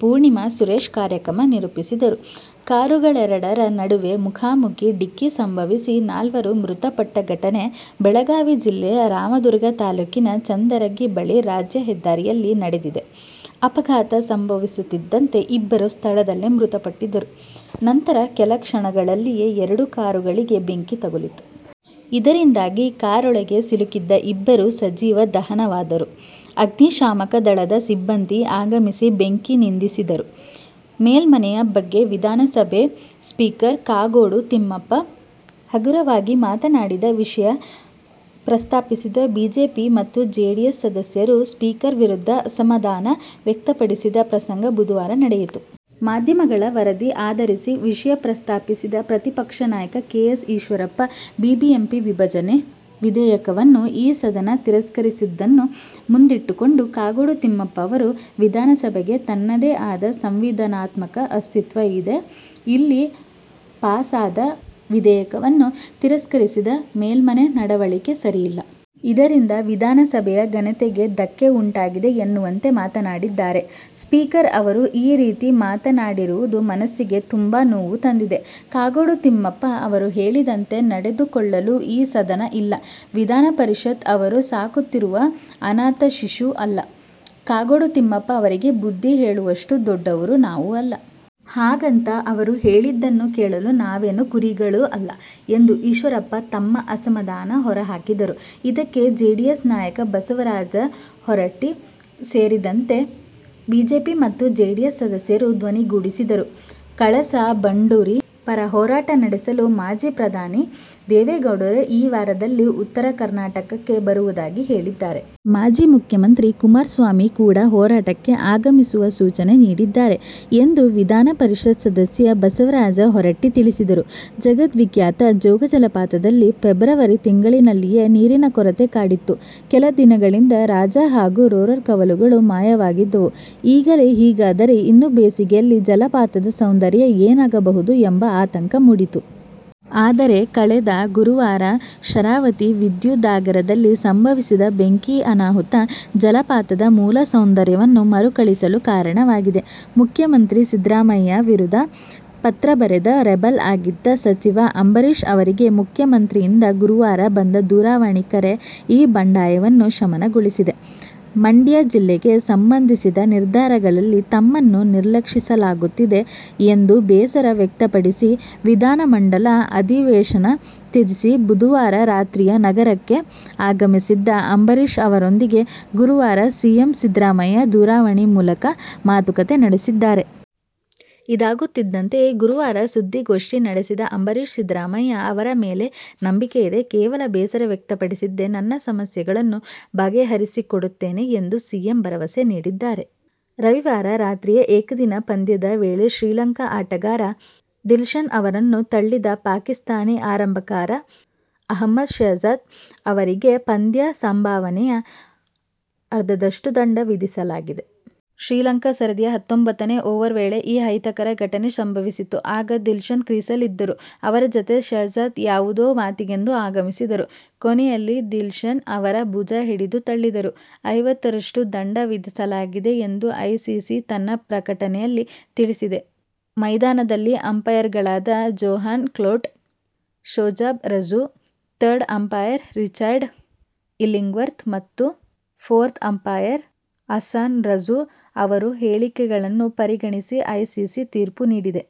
ಪೂರ್ಣಿಮಾ ಸುರೇಶ್ ಕಾರ್ಯಕ್ರಮ ನಿರೂಪಿಸಿದರು. ಕಾರುಗಳೆರಡರ ನಡುವೆ ಮುಖಾಮುಖೀ ಡಿಕ್ಕಿ ಸಂಭವಿಸಿ ನಾಲ್ವರು ಮೃತಪಟ್ಟ ಘಟನೆ ಬೆಳಗಾವಿ ಜಿಲ್ಲೆಯ ರಾಮದುರ್ಗ ತಾಲೂಕಿನ ಚಂದರಗಿ ಬಳಿ ರಾಜ್ಯ ಹೆದ್ದಾರಿಯಲ್ಲಿ ನಡೆದಿದೆ. ಅಪಘಾತ ಸಂಭವಿಸುತ್ತಿದ್ದಂತೆ ಇಬ್ಬರು ಸ್ಥಳದಲ್ಲೇ ಮೃತಪಟ್ಟಿದ್ದರು. ನಂತರ ಕೆಲ ಕ್ಷಣಗಳಲ್ಲಿಯೇ ಎರಡು ಕಾರುಗಳಿಗೆ ಬೆಂಕಿ ತಗುಲಿತು. ಇದರಿಂದಾಗಿ ಕಾರೊಳಗೆ ಸಿಲುಕಿದ್ದ ಇಬ್ಬರು ಸಜೀವ ದಹನವಾದರು. ಅಗ್ನಿ ಶಾಮಕ ದಳದ ಸಿಬ್ಬಂದಿ ಆಗಮಿಸಿ ಬೆಂಕಿ ನಂದಿಸಿದರು. ಮೇಲ್ಮನೆಯ ಬಗ್ಗೆ ವಿಧಾನಸಭೆ ಸ್ಪೀಕರ್ ಕಾಗೋಡು ತಿಮ್ಮಪ್ಪ "ಹಗುರ'ವಾಗಿ ಮಾತನಾಡಿದ ವಿಷಯ ಪ್ರಸ್ತಾಪಿಸಿದ ಬಿಜೆಪಿ ಮತ್ತು ಜೆಡಿಎಸ್ ಸದಸ್ಯರು ಸ್ಪೀಕರ್ ವಿರುದ್ಧ ಅಸಮಾಧಾನ ವ್ಯಕ್ತಪಡಿಸಿದ ಪ್ರಸಂಗ ಬುಧವಾರ ನಡೆಯಿತು. ಮಾಧ್ಯಮಗಳ ವರದಿ ಆಧರಿಸಿ ವಿಷಯ ಪ್ರಸ್ತಾಪಿಸಿದ ಪ್ರತಿಪಕ್ಷ ನಾಯಕ ಕೆ. ಎಸ್. ಈಶ್ವರಪ್ಪ, ಬಿಬಿಎಂಪಿ ವಿಭಜನೆ ವಿಧೇಯಕವನ್ನು ಈ ಸದನ ತಿರಸ್ಕರಿಸಿದ್ದನ್ನು ಮುಂದಿಟ್ಟುಕೊಂಡು ಕಾಗೋಡು ತಿಮ್ಮಪ್ಪ ಅವರು "ವಿಧಾನಸಭೆಗೆ ತನ್ನದೇ ಆದ ಸಂವಿಧಾನಾತ್ಮಕ ಅಸ್ತಿತ್ವ ಇದೆ. ಇಲ್ಲಿ ಪಾಸಾದ ವಿಧೇಯಕವನ್ನು ತಿರಸ್ಕರಿಸಿದ ಮೇಲ್ಮನೆ ನಡವಳಿಕೆ ಸರಿಯಲ್ಲ. ಇದರಿಂದ ವಿಧಾನಸಭೆಯ ಘನತೆಗೆ ಧಕ್ಕೆ ಉಂಟಾಗಿದೆ' ಎನ್ನುವಂತೆ ಮಾತನಾಡಿದ್ದಾರೆ. ಸ್ಪೀಕರ್ ಅವರು ಈ ರೀತಿ ಮಾತನಾಡಿರುವುದು ಮನಸ್ಸಿಗೆ ತುಂಬಾ ನೋವು ತಂದಿದೆ. ಕಾಗೋಡು ತಿಮ್ಮಪ್ಪ ಅವರು ಹೇಳಿದಂತೆ ನಡೆದುಕೊಳ್ಳಲು ಈ ಸದನ ಇಲ್ಲ. ವಿಧಾನಪರಿಷತ್ ಅವರು ಸಾಕುತ್ತಿರುವ ಅನಾಥ ಶಿಶು ಅಲ್ಲ. ಕಾಗೋಡು ತಿಮ್ಮಪ್ಪ ಅವರಿಗೆ ಬುದ್ಧಿ ಹೇಳುವಷ್ಟು ದೊಡ್ಡವರು ನಾವು ಅಲ್ಲ. ಹಾಗಂತ ಅವರು ಹೇಳಿದ್ದನ್ನು ಕೇಳಲು ನಾವೇನು "ಕುರಿಗಳೂ' ಅಲ್ಲ ಎಂದು ಈಶ್ವರಪ್ಪ ತಮ್ಮ ಅಸಮಧಾನ ಹೊರಹಾಕಿದರು. ಇದಕ್ಕೆ ಜೆಡಿಎಸ್ ನಾಯಕ ಬಸವರಾಜ ಹೊರಟ್ಟಿ ಸೇರಿದಂತೆ ಬಿಜೆಪಿ ಮತ್ತು ಜೆಡಿಎಸ್ನ ಸದಸ್ಯರು ಧ್ವನಿಗೂಡಿಸಿದರು. ಕಳಸಾ-ಬಂಡೂರಿ ಪರ ಹೋರಾಟ ನಡೆಸಲು ಮಾಜಿ ಪ್ರಧಾನಿ ದೇವೇಗೌಡರು ಈ ವಾರದಲ್ಲಿ ಉತ್ತರ ಕರ್ನಾಟಕಕ್ಕೆ ಬರುವುದಾಗಿ ಹೇಳಿದ್ದಾರೆ. ಮಾಜಿ ಮುಖ್ಯಮಂತ್ರಿ ಕುಮಾರಸ್ವಾಮಿ ಕೂಡ ಹೋರಾಟಕ್ಕೆ ಆಗಮಿಸುವ ಸೂಚನೆ ನೀಡಿದ್ದಾರೆ ಎಂದು ವಿಧಾನ ಪರಿಷತ್ ಸದಸ್ಯ ಬಸವರಾಜ ಹೊರಟ್ಟಿ ತಿಳಿಸಿದರು. ಜಗದ್ವಿಖ್ಯಾತ ಜೋಗ ಜಲಪಾತದಲ್ಲಿ ಫೆಬ್ರವರಿ ತಿಂಗಳಿನಲ್ಲಿಯೇ ನೀರಿನ ಕೊರತೆ ಕಾಡಿತ್ತು. ಕೆಲ ದಿನಗಳಿಂದ ರಾಜ ಹಾಗೂ ರೋರರ್ ಕವಲುಗಳು ಮಾಯವಾಗಿದ್ದವು. ಈಗಲೇ ಹೀಗಾದರೆ ಇನ್ನು ಬೇಸಿಗೆಯಲ್ಲಿ ಜಲಪಾತದ ಸೌಂದರ್ಯ ಏನಾಗಬಹುದು ಎಂಬ ಆತಂಕ ಮೂಡಿತ್ತು. ಆದರೆ, ಕಳೆದ ಗುರುವಾರ ಶರಾವತಿ ವಿದ್ಯುದಾಗಾರದಲ್ಲಿ ಸಂಭವಿಸಿದ ಬೆಂಕಿ ಅನಾಹುತ, ಜಲಪಾತದ ಮೂಲ ಸೌಂದರ್ಯವನ್ನು ಮರುಕಳಿಸಲು ಕಾರಣವಾಗಿದೆ. ಮುಖ್ಯಮಂತ್ರಿ ಸಿದ್ದರಾಮಯ್ಯ ವಿರುದ ಪತ್ರ ಬರೆದು ರೆಬೆಲ್ ಆಗಿದ್ದ ಸಚಿವ ಅಂಬರೀಶ್ ಅವರಿಗೆ ಮುಖ್ಯಮಂತ್ರಿಯಿಂದ ಗುರುವಾರ ಬಂದ ದೂರವಾಣಿ ಕರೆ ಈ ಬಂಡಾಯವನ್ನು ಶಮನಗೊಳಿಸಿದೆ. ಮಂಡ್ಯ ಜಿಲ್ಲೆಗೆ ಸಂಬಂಧಿಸಿದ ನಿರ್ಧಾರಗಳಲ್ಲಿ ತಮ್ಮನ್ನು ನಿರ್ಲಕ್ಷಿಸಲಾಗುತ್ತಿದೆ ಎಂದು ಬೇಸರ ವ್ಯಕ್ತಪಡಿಸಿ ವಿದಾನಮಂಡಲ ಅಧಿವೇಶನ ತ್ಯಜಿಸಿ ಬುಧವಾರ ರಾತ್ರಿಯೇ ನಗರಕ್ಕೆ ಆಗಮಿಸಿದ್ದ ಅಂಬರೀಶ್ ಅವರೊಂದಿಗೆ ಗುರುವಾರ ಸಿಎಂ ಸಿದ್ದರಾಮಯ್ಯ ದೂರವಾಣಿ ಮೂಲಕ ಮಾತುಕತೆ ನಡೆಸಿದ್ದಾರೆ. ಇದಾಗುತ್ತಿದ್ದಂತೆಯೇ ಗುರುವಾರ ಸುದ್ದಿಗೋಷ್ಠಿ ನಡೆಸಿದ ಅಂಬರೀಶ್, ಸಿದ್ದರಾಮಯ್ಯ ಅವರ ಮೇಲೆ ನಂಬಿಕೆಯಿದೆ. ಕೇವಲ ಬೇಸರ ವ್ಯಕ್ತಪಡಿಸಿದ್ದೆ. ನನ್ನ ಸಮಸ್ಯೆಗಳನ್ನು ಬಗೆಹರಿಸಿಕೊಡುತ್ತೇನೆ ಎಂದು ಸಿಎಂ ಭರವಸೆ ನೀಡಿದ್ದಾರೆ. ರವಿವಾರ ರಾತ್ರಿಯ ಏಕದಿನ ಪಂದ್ಯದ ವೇಳೆ ಶ್ರೀಲಂಕಾ ಆಟಗಾರ ದಿಲ್ಶನ್ ಅವರನ್ನು ತಳ್ಳಿದ ಪಾಕಿಸ್ಥಾನಿ ಆರಂಭಕಾರ ಅಹ್ಮದ್ ಶೆಹಜಾದ್ ಅವರಿಗೆ ಪಂದ್ಯ ಸಂಭಾವನೆಯ ಅರ್ಧದಷ್ಟು ದಂಡ ವಿಧಿಸಲಾಗಿದೆ. ಶ್ರೀಲಂಕಾ ಸರದಿಯ ಹತ್ತೊಂಭತ್ತನೇ ಓವರ್ ವೇಳೆ ಈ ಅಹಿತಕರ ಘಟನೆ ಸಂಭವಿಸಿತು. ಆಗ ದಿಲ್ಶನ್ ಕ್ರೀಸ್ನಲ್ಲಿದ್ದರು. ಅವರ ಜತೆ ಶೆಹಜಾದ್ ಯಾವುದೋ ಮಾತಿಗೆಂದು ಆಗಮಿಸಿದರು. ಕೊನೆಯಲ್ಲಿ ದಿಲ್ಶನ್ ಅವರ ಭುಜ ಹಿಡಿದು ತಳ್ಳಿದರು. ಐವತ್ತರಷ್ಟು ದಂಡ ವಿಧಿಸಲಾಗಿದೆ ಎಂದು ಐಸಿಸಿ ತನ್ನ ಪ್ರಕಟನೆಯಲ್ಲಿ ತಿಳಿಸಿದೆ. ಮೈದಾನದ ಅಂಪಾಯರ್ಗಳಾದ Johan Cloete, Shozab Raza, third umpire Richard Illingworth ಮತ್ತು ಫೋರ್ತ್ ಅಂಪಾಯರ್ ಅಹ್ಸಾನ್ ರಝ ಅವರ ಹೇಳಿಕೆಗಳನ್ನು ಪರಿಗಣಿಸಿ ಐಸಿಸಿ ತೀರ್ಪು ನೀಡಿದೆ.